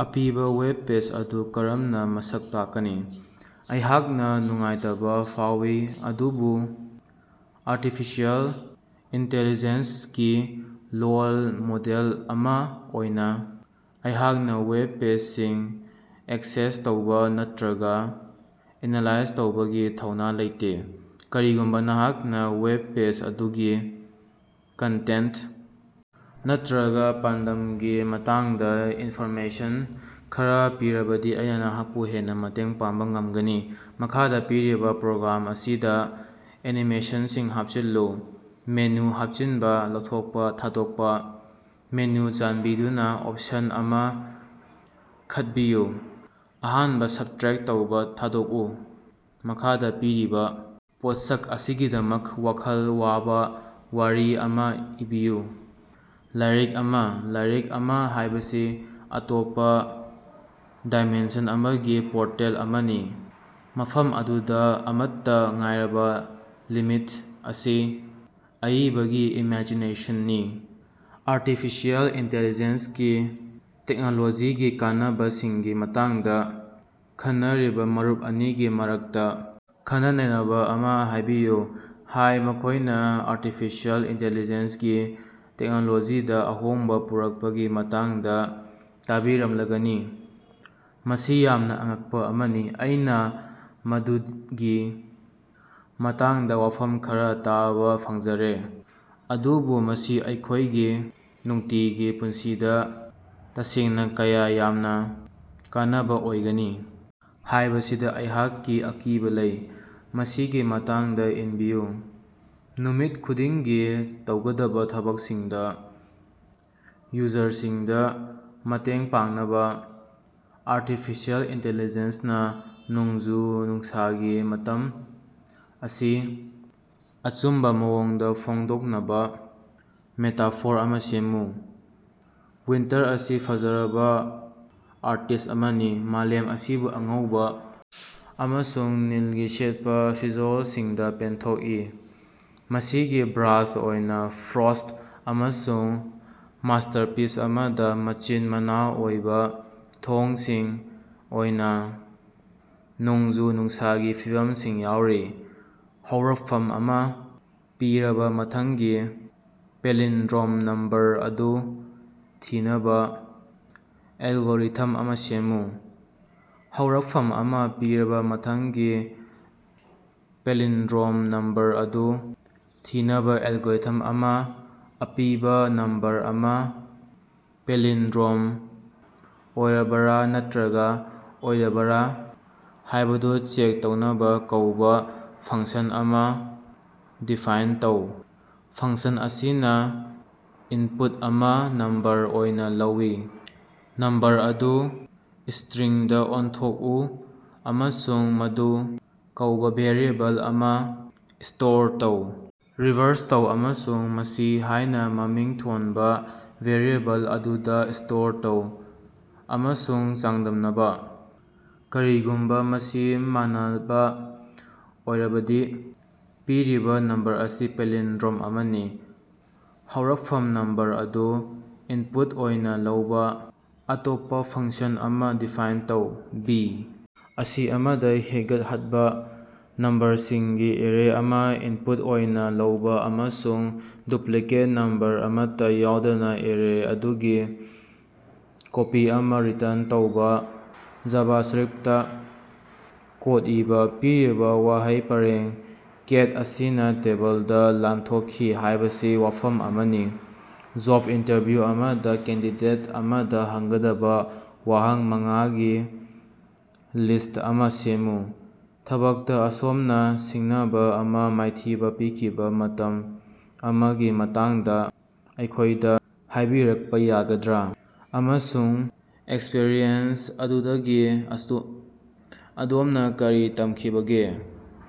ꯑꯄꯤꯕ web page ꯑꯗꯨ ꯀꯔꯝꯅ ꯃꯁꯛ ꯇꯥꯛꯀꯅꯤ? ꯑꯩꯍꯥꯛꯅ ꯅꯨꯡꯉꯥꯏꯇꯕ ꯐꯥꯎꯏ, ꯑꯗꯨꯕꯨ ꯑꯥꯔꯇꯤꯐꯤꯁꯤꯑꯦꯜ ꯏꯟꯇꯦꯂꯤꯖꯦꯟꯁꯒꯤ ꯂꯣꯜ ꯃꯣꯗꯦꯜ ꯑꯃ ꯑꯣꯏꯅ ꯑꯩꯍꯥꯛꯅ ꯋꯦꯕ ꯄꯦꯖꯁꯤꯡ ꯑꯦꯛꯁꯦꯁ ꯇꯧꯕ ꯅꯠꯇ꯭ꯔꯒ ꯑꯦꯅꯥꯂꯥꯏꯖ ꯇꯧꯕꯒꯤ ꯊꯧꯅꯥ ꯂꯩꯇꯦ꯫ ꯀꯔꯤꯒꯨꯝꯕ ꯅꯍꯥꯛꯅ ꯋꯦꯕ ꯄꯦꯖ ꯑꯗꯨꯒꯤ ꯀꯟꯇꯦꯟꯇ ꯅꯠꯇ꯭ꯔꯒ ꯄꯥꯟꯗꯝꯒꯤ ꯃꯇꯥꯡꯗ ꯏꯟꯐꯣꯔꯃꯦꯁꯟ ꯈꯔ ꯄꯤꯔꯕꯗꯤ ꯑꯩꯅ ꯅꯍꯥꯛꯄꯨ ꯍꯦꯟꯅ ꯃꯇꯦꯡ ꯄꯥꯡꯕ ꯉꯝꯒꯅꯤ꯫ ꯃꯈꯥꯗ ꯄꯤꯔꯤꯕ ꯄ꯭ꯔꯣꯒ꯭ꯔꯥꯝ ꯑꯁꯤꯗ ꯑꯦꯅꯤꯃꯦꯁꯟꯁꯤꯡ ꯍꯥꯞꯆꯤꯜꯂꯨ꯫ ꯃꯦꯅꯨ ꯍꯥꯞꯆꯤꯟꯕ, ꯂꯧꯊꯣꯛꯄ, ꯊꯥꯗꯣꯛꯄ꯫ ꯃꯦꯅꯨ ꯆꯥꯟꯕꯤꯗꯨꯅ ꯑꯣꯞꯁꯟ ꯑꯃ ꯈꯠꯕꯤꯌꯨ ꯑꯍꯥꯟꯕ ꯁꯕꯇ꯭ꯔꯦꯛꯇ ꯇꯧꯕ ꯊꯥꯗꯣꯛꯎ꯫ ꯃꯈꯥꯗ ꯄꯤꯔꯤꯕ ꯄꯣꯠꯁꯛ ꯑꯁꯤꯒꯤꯗꯃꯛ ꯋꯥꯈꯜ ꯋꯥꯕ ꯋꯥꯔꯤ ꯑꯃ ꯏꯕꯤꯌꯨ꯫ ꯂꯥꯏꯔꯤꯛ ꯑꯃ꯫ ꯂꯥꯏꯔꯤꯛ ꯍꯥꯏꯕꯁꯤ ꯑꯇꯣꯞꯄ ꯗꯥꯏꯃꯦꯟꯁꯟ ꯑꯃꯒꯤ ꯄꯣꯔꯇꯦꯜ ꯑꯃꯅꯤ, ꯃꯐꯝ ꯑꯗꯨꯗ ꯑꯃꯠꯇ ꯉꯥꯏꯔꯕ ꯂꯤꯃꯤꯠ ꯑꯁꯤ ꯑꯏꯕꯒꯤ ꯏꯃꯦꯖꯤꯅꯦꯁꯟꯅꯤ꯫ ꯑꯥꯔꯇꯤꯐꯤꯁꯤꯑꯦꯜ ꯏꯟꯇꯦꯂꯤꯖꯦꯟꯁꯒꯤ ꯇꯦꯛꯅꯣꯂꯣꯖꯤꯒꯤ ꯀꯥꯟꯅꯕꯁꯤꯡꯒꯤ ꯃꯇꯥꯡꯗ ꯈꯟꯅꯔꯤꯕ ꯃꯔꯨꯞ ꯑꯅꯤꯒꯤ ꯃꯔꯛꯇ ꯈꯟꯅ-ꯅꯩꯅꯕ ꯑꯃ ꯍꯥꯏꯕꯤꯌꯨ꯫ ꯍꯥꯏ ꯃꯈꯣꯏꯅ ꯑꯥꯔꯇꯤꯐꯤꯁꯤꯑꯦꯜ ꯏꯟꯇꯦꯂꯤꯖꯦꯟꯁꯒꯤ ꯇꯦꯛꯅꯣꯂꯣꯖꯤꯗ ꯑꯍꯣꯡꯕ ꯄꯨꯔꯛꯄꯒꯤ ꯃꯇꯥꯡꯗ ꯇꯥꯕꯤꯔꯝꯂꯒꯅꯤ꯫ ꯃꯁꯤ ꯌꯥꯝꯅ ꯑꯉꯛꯄ ꯑꯃꯅꯤ꯫ ꯑꯩꯅ ꯃꯗꯨꯒꯤ ꯃꯇꯥꯡꯗ ꯋꯥꯐꯝ ꯈꯔ ꯇꯥꯕ ꯐꯪꯖꯔꯦ꯫ ꯑꯗꯨꯕꯨ ꯃꯁꯤ ꯑꯩꯈꯣꯏꯒꯤ ꯅꯨꯡꯇꯤꯒꯤ ꯄꯨꯟꯁꯤꯗ ꯇꯁꯦꯡꯅ ꯀꯌꯥ ꯌꯥꯝꯅ ꯀꯥꯟꯅꯕ ꯑꯣꯏꯒꯅꯤ ꯍꯥꯏꯕꯁꯤꯗ ꯑꯩꯍꯥꯛꯀꯤ ꯑꯀꯤꯕ ꯂꯩ꯫ ꯃꯁꯤꯒꯤ ꯃꯇꯥꯡꯗ ꯈꯟꯕꯤꯌꯨ꯫ ꯅꯨꯃꯤꯠ ꯈꯨꯗꯤꯡꯒꯤ ꯇꯧꯒꯗꯕ ꯊꯕꯛꯁꯤꯡꯗ ꯌꯨꯖꯔꯁꯤꯡꯗ ꯃꯇꯦꯡ ꯄꯥꯡꯅꯕ ꯑꯥꯔꯇꯤꯐꯤꯁꯤꯑꯦꯜ ꯏꯟꯇꯦꯂꯤꯖꯦꯟꯁꯅ ꯅꯣꯡꯖꯨ-ꯅꯨꯡꯁꯥꯒꯤ ꯃꯇꯝ ꯑꯁꯤ ꯑꯆꯨꯝꯕ ꯃꯑꯣꯡꯗ ꯐꯣꯡꯗꯣꯛꯅꯕ ꯃꯦꯇꯥꯐꯣꯔ ꯑꯃ ꯁꯦꯝꯃꯨ꯫ ꯋꯤꯟꯇꯔ ꯑꯁꯤ ꯐꯖꯔꯕ ꯑꯥꯔꯇꯤꯁ꯭ꯠ ꯑꯃꯅꯤ꯫ ꯃꯥꯂꯦꯝ ꯑꯁꯤꯕꯨ ꯑꯉꯧꯕ ꯑꯃꯁꯨꯡ ꯅꯤꯜꯒꯤ ꯁꯦꯠꯄ ꯐꯤꯖꯣꯜꯁꯤꯡꯗ ꯄꯦꯟꯊꯣꯛꯏ, ꯃꯁꯤꯒꯤ ꯕ꯭ꯔꯥꯁ ꯑꯣꯏꯅ ꯐ꯭ꯔꯣꯁ꯭ꯠ ꯑꯃꯁꯨꯡ ꯃꯥꯁꯇꯔꯄꯤꯁ ꯑꯃꯗ ꯃꯆꯤꯟ-ꯃꯅꯥꯎ ꯑꯣꯏꯕ ꯊꯣꯡꯁꯤꯡ ꯑꯣꯏꯅ ꯅꯣꯡꯖꯨ-ꯅꯨꯡꯁꯥꯒꯤ ꯐꯤꯚꯝꯁꯤꯡ ꯌꯥꯎꯔꯤ꯫ ꯍꯧꯔꯛꯐꯝ ꯑꯃ ꯄꯤꯔꯕ ꯃꯊꯪꯒꯤ ꯄꯦꯂꯤꯟꯗ꯭ꯔꯣꯝ ꯅꯝꯕꯔ ꯑꯗꯨ ꯊꯤꯅꯕ ꯑꯦꯜꯒꯣꯔꯤꯊꯝ ꯑꯃ ꯁꯦꯝꯃꯨ꯫ ꯍꯧꯔꯛꯐꯝ ꯑꯃ ꯄꯤꯔꯕ ꯃꯊꯪꯒꯤ ꯄꯦꯂꯤꯟꯗ꯭ꯔꯣꯝ ꯅꯝꯕꯔ ꯑꯗꯨ ꯊꯤꯅꯕ ꯑꯦꯜꯒꯣꯔꯤꯊꯝ ꯑꯃ ꯑꯄꯤꯕ ꯅꯝꯕꯔ ꯑꯃ ꯄꯦꯂꯤꯟꯗ꯭ꯔꯣꯝ ꯑꯣꯏꯔꯕꯔ ꯅꯠꯇ꯭ꯔꯒ ꯑꯣꯏꯗꯕꯔ ꯍꯥꯏꯕꯗꯨ ꯆꯦꯛ ꯇꯧꯅꯕ ꯀꯧꯕ ꯐꯪꯁꯟ ꯑꯃ ꯗꯤꯐꯥꯏꯟ ꯇꯧ꯫ ꯐꯪꯁꯟ ꯑꯁꯤꯅ ꯏꯟꯄꯨꯠ ꯑꯃ ꯅꯝꯕꯔ ꯑꯣꯏꯅ ꯂꯧꯏ꯫ ꯅꯝꯕꯔ ꯑꯗꯨ ꯁ꯭ꯇꯔꯤꯡꯗ ꯑꯣꯟꯊꯣꯛꯎ ꯑꯃꯁꯨꯡ ꯃꯗꯨ ꯀꯧꯕ ꯚꯦꯔꯤꯑꯦꯕꯜ ꯑꯃꯗ ꯁ꯭ꯇꯣꯔ ꯇꯧ꯫. ꯔꯤꯚꯔꯁ ꯇꯧ ꯑꯃꯁꯨꯡ ꯃꯁꯤ ꯍꯥꯏꯅ ꯃꯃꯤꯡ ꯊꯣꯟꯕ ꯚꯦꯔꯤꯑꯦꯕꯜ ꯑꯗꯨꯗ ꯁ꯭ꯇꯣꯔ ꯇꯧ ꯑꯃꯁꯨꯡ ꯆꯥꯡꯗꯝꯅꯕ, ꯀꯔꯤꯒꯨꯝꯕ ꯃꯁꯤ ꯃꯥꯟꯅꯕ ꯑꯣꯏꯔꯕꯗꯤ ꯄꯤꯔꯤꯕ ꯅꯝꯕꯔ ꯑꯁꯤ ꯄꯦꯂꯤꯟꯗ꯭ꯔꯣꯝ ꯑꯃꯅꯤ꯫ ꯍꯧꯔꯛꯐꯝ ꯅꯝꯕꯔ ꯑꯗꯨ ꯏꯟꯄꯨꯠ ꯑꯣꯏꯅ ꯂꯧꯕ ꯑꯇꯣꯞꯄ ꯐꯪꯁꯟ ꯑꯃ ꯗꯤꯐꯥꯏꯟ ꯇꯧ꯫ ꯕꯤ. ꯑꯁꯤ ꯑꯃꯗ ꯍꯦꯟꯒꯠꯍꯠꯕ꯫ ꯅꯝꯕꯔꯁꯤꯡꯒꯤ ꯑꯦꯔꯦ ꯑꯃ ꯏꯟꯄꯨꯠ ꯑꯣꯏꯅ ꯂꯧꯕ ꯑꯃꯁꯨꯡ ꯗꯨꯄ꯭ꯂꯤꯀꯦꯠ ꯅꯝꯕꯔ ꯑꯃꯠꯇ ꯌꯥꯎꯗꯅ ꯑꯦꯔꯦ ꯑꯗꯨꯒꯤ ꯀꯣꯄꯤ ꯑꯃ ꯔꯤꯇꯔꯟ ꯇꯧꯕ ꯖꯥꯚꯥꯁꯛꯔꯤꯞꯇ ꯀꯣꯗ ꯏꯕ꯫ ꯄꯤꯔꯤꯕ ꯋꯥꯍꯩ ꯄꯔꯦꯡ "ꯀꯦꯠ ꯑꯁꯤꯅ ꯇꯦꯕꯜꯗ ꯂꯥꯟꯊꯣꯛꯈꯤ" ꯍꯥꯢꯕꯁꯤ ꯋꯥꯐꯝ ꯑꯃꯅꯤ꯫ ꯖꯣꯕ ꯏꯟꯇꯔꯚ꯭ꯌꯨ ꯑꯃꯗ ꯀꯦꯟꯗꯤꯗꯦꯠ ꯑꯃꯗ ꯍꯪꯒꯗꯕ ꯋꯥꯍꯪ ꯃꯉꯥꯒꯤ ꯂꯤꯁ꯭ꯠ ꯑꯃ ꯁꯦꯝꯃꯨ꯫ ꯊꯕꯛꯇ ꯑꯗꯣꯝꯅ ꯁꯤꯡꯅꯕ ꯑꯃ ꯃꯥꯏꯊꯤꯕ ꯄꯤꯈꯤꯕ ꯃꯇꯝ ꯑꯃꯒꯤ ꯃꯇꯥꯡꯗ ꯑꯩꯈꯣꯏꯗ ꯍꯥꯏꯕꯤꯔꯛꯄ ꯌꯥꯒꯗ꯭ꯔꯥ, ꯑꯃꯁꯨꯡ ꯑꯦꯛꯁꯄꯔꯤꯌꯦꯟꯁ ꯑꯗꯨꯗꯒꯤ ꯑꯗꯣꯝꯅ ꯀꯔꯤ ꯇꯝꯈꯤꯕꯒꯦ?